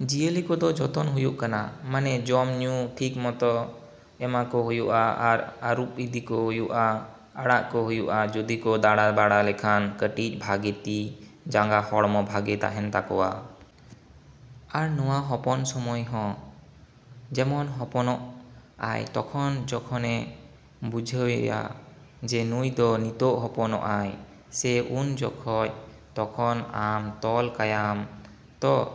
‎ᱡᱤᱭᱟᱹᱞᱤ ᱠᱚᱫᱚ ᱡᱚᱛᱚᱱ ᱦᱩᱭᱩᱜ ᱠᱟᱱᱟ᱾ ᱢᱟᱱᱮ ᱡᱚᱢ, ᱧᱩ ᱴᱷᱤᱠ ᱢᱚᱛᱚ ᱮᱢᱟ ᱠᱚ ᱦᱩᱭᱩᱜᱼᱟ ᱟᱨ ᱟᱨᱩᱵ ᱤᱫᱤ ᱠᱚ ᱦᱩᱭᱩᱜᱼᱟ, ᱟᱲᱟᱜ ᱠᱚ ᱦᱩᱭᱩᱜᱼᱟ᱾ ᱡᱩᱫᱤ ᱠᱚ ᱫᱟᱬᱟ ᱵᱟᱲᱟ ᱞᱮᱠᱷᱟᱱ ᱠᱟᱹᱴᱤᱡ ᱵᱷᱟᱜᱮ ᱛᱤ, ᱡᱟᱸᱜᱟ ᱦᱚᱲᱢᱚ ᱵᱷᱟᱜᱮ ᱛᱟᱦᱮᱱ ᱛᱟᱠᱚᱣᱟ᱾ ᱟᱨ ᱱᱚᱣᱟ ᱦᱚᱯᱚᱱ ᱥᱚᱢᱚᱭ ᱦᱚᱸ ᱡᱮᱢᱚᱱ ᱦᱚᱯᱚᱱᱚᱜᱼᱟᱭ ᱛᱚᱠᱷᱚᱱ ᱡᱚᱠᱷᱚᱱᱮ ᱵᱩᱡᱷᱟᱹᱣᱮᱭᱟ ᱡᱮ ᱱᱩᱭ ᱫᱚ ᱱᱤᱛᱳᱜ ᱦᱚᱯᱚᱱᱚᱜᱼᱟᱭ ᱥᱮ, ᱩᱱ ᱡᱚᱠᱷᱚᱡ ᱛᱚᱠᱷᱚᱱ ᱟᱢ ᱛᱚᱞ ᱠᱟᱭᱟᱢ ᱛᱚ,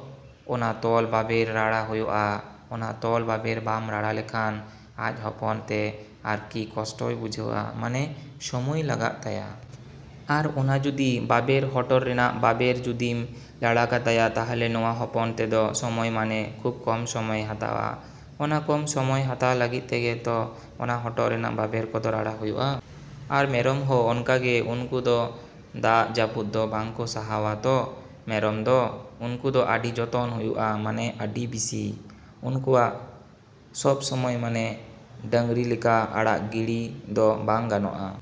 ᱚᱱᱟ ᱛᱚᱞ ᱵᱟᱵᱮᱨ ᱨᱟᱲᱟ ᱦᱩᱭᱩᱜᱼᱟ᱾ ᱚᱱᱟ ᱛᱚᱞ ᱵᱟᱵᱮᱨ ᱵᱟᱢ ᱨᱟᱲᱟ ᱞᱮᱠᱷᱟᱱ ᱟᱡ ᱦᱚᱯᱚᱱ ᱛᱮ ᱟᱨᱠᱤ ᱠᱚᱥᱴᱚᱭ ᱵᱩᱡᱷᱟᱹᱣᱟ, ᱢᱟᱱᱮ ᱥᱚᱢᱚᱭ ᱞᱟᱜᱟᱜ ᱛᱟᱭᱟ᱾ ᱟᱨ ᱚᱱᱟ ᱡᱩᱫᱤ ᱵᱟᱵᱮᱨ ᱦᱚᱴᱚᱨ ᱨᱮᱱᱟᱜ ᱵᱟᱵᱮᱨ ᱡᱩᱫᱤᱢ ᱞᱟᱲᱟ ᱠᱟᱛᱟᱭᱟ ᱛᱟᱦᱞᱮ ᱱᱚᱣᱟ ᱦᱚᱯᱚᱱ ᱛᱮᱫᱚ ᱥᱚᱢᱚᱭ ᱢᱟᱱᱮ ᱠᱷᱩᱵ ᱠᱚᱢ ᱥᱚᱢᱚᱭᱮ ᱦᱟᱛᱟᱣᱟ᱾ ᱚᱱᱟ ᱠᱚᱢ ᱥᱚᱢᱚᱭ ᱦᱟᱛᱟᱣ ᱞᱟᱹᱜᱤᱫ ᱛᱮᱜᱮ ᱛᱚ ᱚᱱᱟ ᱦᱚᱴᱚᱜ ᱨᱮᱱᱟᱜ ᱵᱟᱵᱮᱨ ᱠᱚᱫᱚ ᱨᱟᱲᱟ ᱦᱩᱭᱩᱜᱼᱟ᱾ ᱟᱨ ᱢᱮᱨᱚᱢ ᱦᱚᱸ ᱚᱱᱠᱟ ᱜᱮ ᱩᱱᱠᱩ ᱫᱚ ᱫᱟᱜ ᱡᱟᱯᱩᱫ ᱫᱚ ᱵᱟᱠᱚ ᱥᱟᱦᱟᱣᱟ ᱛᱚ ᱢᱮᱨᱚᱢ ᱫᱚ᱾ ᱩᱱᱠᱩ ᱫᱚ ᱟᱹᱰᱤ ᱡᱚᱛᱚᱱ ᱦᱩᱭᱩᱜᱼᱟ ᱢᱟᱱᱮ ᱟᱹᱰᱤ ᱵᱮᱥᱤ᱾ ᱩᱱᱠᱩᱣᱟᱜ ᱥᱚᱵᱥᱚᱢᱚᱭ ᱢᱟᱱᱮ ᱰᱟᱝᱨᱤ ᱞᱮᱠᱟ ᱟᱲᱟᱜ ᱜᱤᱲᱤ ᱫᱚ ᱵᱟᱝ ᱜᱟᱱᱚᱜᱼᱟ᱾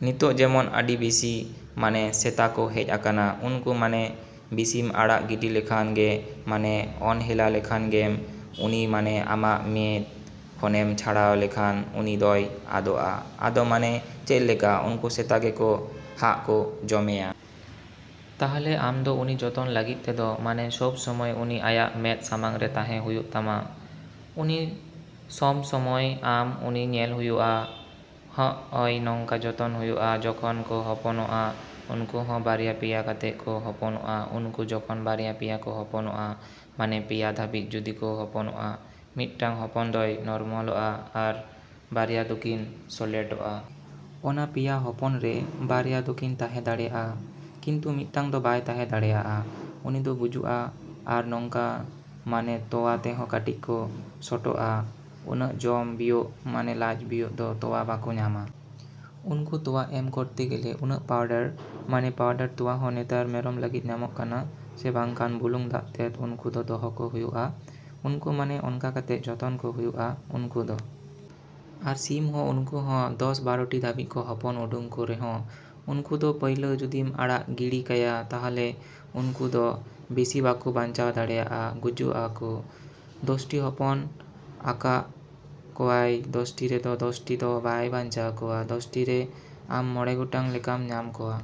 ᱱᱤᱛᱳᱜ ᱡᱮᱢᱚᱱ ᱟᱹᱰᱤ ᱵᱮᱥᱤ ᱢᱟᱱᱮ ᱥᱮᱛᱟ ᱠᱚ ᱦᱮᱡ ᱟᱠᱟᱱᱟ᱾ ᱩᱱᱠᱩ ᱢᱟᱱᱮ ᱵᱮᱥᱤᱢ ᱟᱲᱟᱜ ᱜᱤᱰᱤ ᱞᱮᱠᱷᱟᱱ ᱜᱮ ᱢᱟᱱᱮ ᱚᱱᱦᱮᱞᱟ ᱞᱮᱠᱷᱟᱱ ᱜᱮᱢ ᱩᱱᱤ ᱢᱟᱱᱮ ᱟᱢᱟᱜ ᱢᱮᱫ ᱠᱷᱚᱱᱮᱢ ᱪᱷᱟᱲᱟᱣ ᱞᱮᱠᱷᱟᱱ ᱩᱱᱤ ᱫᱚᱭ ᱟᱫᱚᱜᱼᱟ᱾ ᱟᱫᱚ ᱢᱟᱱᱮ ᱪᱮᱫᱞᱮᱠᱟ ᱩᱱᱠᱩ ᱥᱮᱛᱟ ᱜᱮᱠᱚ ᱦᱟᱸᱜ ᱠᱚ ᱡᱚᱢᱮᱭᱟ᱾ ᱛᱟᱦᱚᱞᱮ ᱟᱢ ᱫᱚ ᱩᱱᱤ ᱡᱚᱛᱚᱱ ᱞᱟᱹᱜᱤᱫ ᱛᱮᱫᱚ ᱢᱟᱱᱮ ᱥᱚᱵ ᱥᱚᱢᱚᱭ ᱩᱱᱤ ᱟᱭᱟᱜ ᱢᱮᱫ ᱥᱟᱢᱟᱝ ᱨᱮ ᱛᱟᱦᱮᱸ ᱦᱩᱭᱩᱜ ᱛᱟᱢᱟ᱾ ᱩᱱᱤ ᱥᱚᱢ ᱥᱚᱢᱚᱭ ᱟᱢ ᱩᱱᱤ ᱧᱮᱞ ᱦᱩᱭᱩᱜᱼᱟ᱾ ᱦᱚᱜᱼᱚᱭ ᱱᱚᱝᱠᱟ ᱡᱚᱛᱚᱱ ᱦᱩᱭᱩᱜ ᱟ ᱡᱚᱠᱷᱚᱱ ᱠᱚ ᱦᱚᱯᱚᱱᱚᱜᱼᱟ, ᱩᱱᱠᱩ ᱦᱚᱸ ᱵᱟᱨᱭᱟ ᱯᱮᱭᱟ ᱠᱟᱛᱮ ᱠᱚ ᱦᱚᱯᱚᱱᱚᱜᱼᱟ, ᱩᱱᱠᱩ ᱡᱚᱠᱷᱚᱱ ᱵᱟᱨᱭᱟ ᱯᱮᱭᱟ ᱠᱚ ᱦᱚᱯᱚᱱᱚᱜᱼᱟ, ᱢᱟᱱᱮ ᱯᱮᱭᱟ ᱫᱟᱹᱵᱤᱡ ᱡᱩᱫᱤ ᱠᱚ ᱦᱚᱯᱚᱱᱚᱜᱼᱟ, ᱢᱤᱫᱴᱟᱝ ᱦᱚᱯᱚᱱ ᱫᱚᱭ ᱱᱚᱨᱢᱟᱞᱚᱜᱼᱟ ᱟᱨ ᱵᱟᱨᱭᱟ ᱫᱚᱠᱤᱱ ᱥᱳᱞᱮᱴᱚᱜᱼᱟ᱾ ᱚᱱᱟ ᱯᱮᱭᱟ ᱦᱚᱯᱚᱱ ᱨᱮ ᱵᱟᱨᱭᱟ ᱫᱚ ᱠᱤᱱ ᱛᱟᱦᱮᱸ ᱫᱟᱲᱭᱟᱜᱼᱟ᱾ ᱠᱤᱱᱛᱩ ᱢᱮᱫᱴᱟᱝ ᱫᱚ ᱵᱟᱭ ᱛᱟᱦᱮᱸ ᱫᱟᱲᱮᱭᱟᱜᱼᱟ᱾ ᱩᱱᱤ ᱫᱚ ᱜᱩᱡᱩᱜᱼᱟ᱾ ᱟᱨ ᱱᱚᱝᱠᱟ ᱢᱟᱱᱮ ᱛᱳᱣᱟ ᱛᱮᱦᱚᱸ ᱠᱟᱹᱴᱤᱡ ᱠᱚ ᱥᱚᱴᱚᱜᱼᱟ᱾ ᱩᱱᱟᱹᱜ ᱡᱚᱢ ᱵᱤᱭᱳᱜ ᱢᱟᱱᱮ ᱞᱟᱡ ᱵᱤᱭᱳᱜ ᱫᱚ ᱛᱳᱣᱟ ᱵᱟᱠᱚ ᱧᱟᱢᱟ᱾ ᱚᱱᱟ ᱛᱳᱣᱟ ᱮᱢ ᱠᱚᱨᱛᱮ ᱜᱮᱞᱮ ᱩᱱᱟᱹᱜ ᱯᱟᱣᱰᱟᱨ, ᱢᱟᱱᱮ ᱯᱟᱣᱰᱟᱨ ᱛᱳᱣᱟ ᱦᱚᱸ ᱱᱮᱛᱟᱨ ᱢᱮᱨᱚᱢ ᱞᱟᱹᱜᱤᱫ ᱧᱟᱢᱚᱜ ᱠᱟᱱᱟ ᱥᱮ ᱵᱟᱠᱷᱟᱱ ᱵᱩᱞᱩᱝ ᱫᱟᱜᱛᱮᱫ ᱩᱱᱠᱩ ᱫᱚ ᱫᱚᱦᱚ ᱠᱚ ᱦᱩᱭᱩᱜᱼᱟ᱾ ᱩᱱᱠᱩ ᱢᱟᱱᱮ ᱚᱱᱠᱟ ᱠᱟᱛᱮ ᱡᱚᱛᱚᱱ ᱠᱚ ᱦᱩᱭᱩᱜᱼᱟ ᱩᱱᱠᱩ ᱫᱚ᱾ ᱟᱨ ᱥᱤᱢ ᱦᱚᱸ ᱩᱱᱠᱩ ᱦᱚᱸ ᱫᱚᱥ ᱵᱟᱨᱚᱴᱤ ᱫᱷᱟᱹᱵᱤᱡ ᱠᱚ ᱦᱚᱯᱚᱱ ᱩᱰᱩᱝ ᱠᱚ ᱨᱮᱦᱚᱸ ᱩᱱᱠᱩ ᱫᱚ ᱯᱟᱹᱭᱞᱟᱹ ᱡᱩᱫᱤᱢ ᱟᱲᱟᱜ ᱜᱤᱲᱤ ᱠᱟᱭᱟ ᱛᱟᱦᱚᱞᱮ ᱩᱱᱠᱩ ᱫᱚ ᱵᱮᱥᱤ ᱵᱟᱠᱚ ᱵᱟᱧᱪᱟᱣ ᱫᱟᱲᱮᱭᱟᱜᱼᱟ, ᱜᱩᱡᱩᱜᱼᱟ ‎ᱠᱚ᱾ ᱫᱚᱥᱴᱤ ᱦᱚᱯᱚᱱ ᱟᱠᱟᱜ ᱠᱚᱣᱟᱭ, ᱫᱚᱥᱴᱤ ᱨᱮᱫᱚ ᱫᱚᱥᱴᱤ ᱫᱚ ᱵᱟᱭ ᱵᱟᱧᱪᱟᱣ ᱠᱚᱣᱟ᱾ ᱫᱚᱥᱴᱤ ᱨᱮ ᱟᱢ ᱢᱚᱬᱮ ᱜᱚᱴᱟᱝ ᱞᱮᱠᱟᱢ ᱧᱟᱢ ᱠᱚᱣᱟ᱾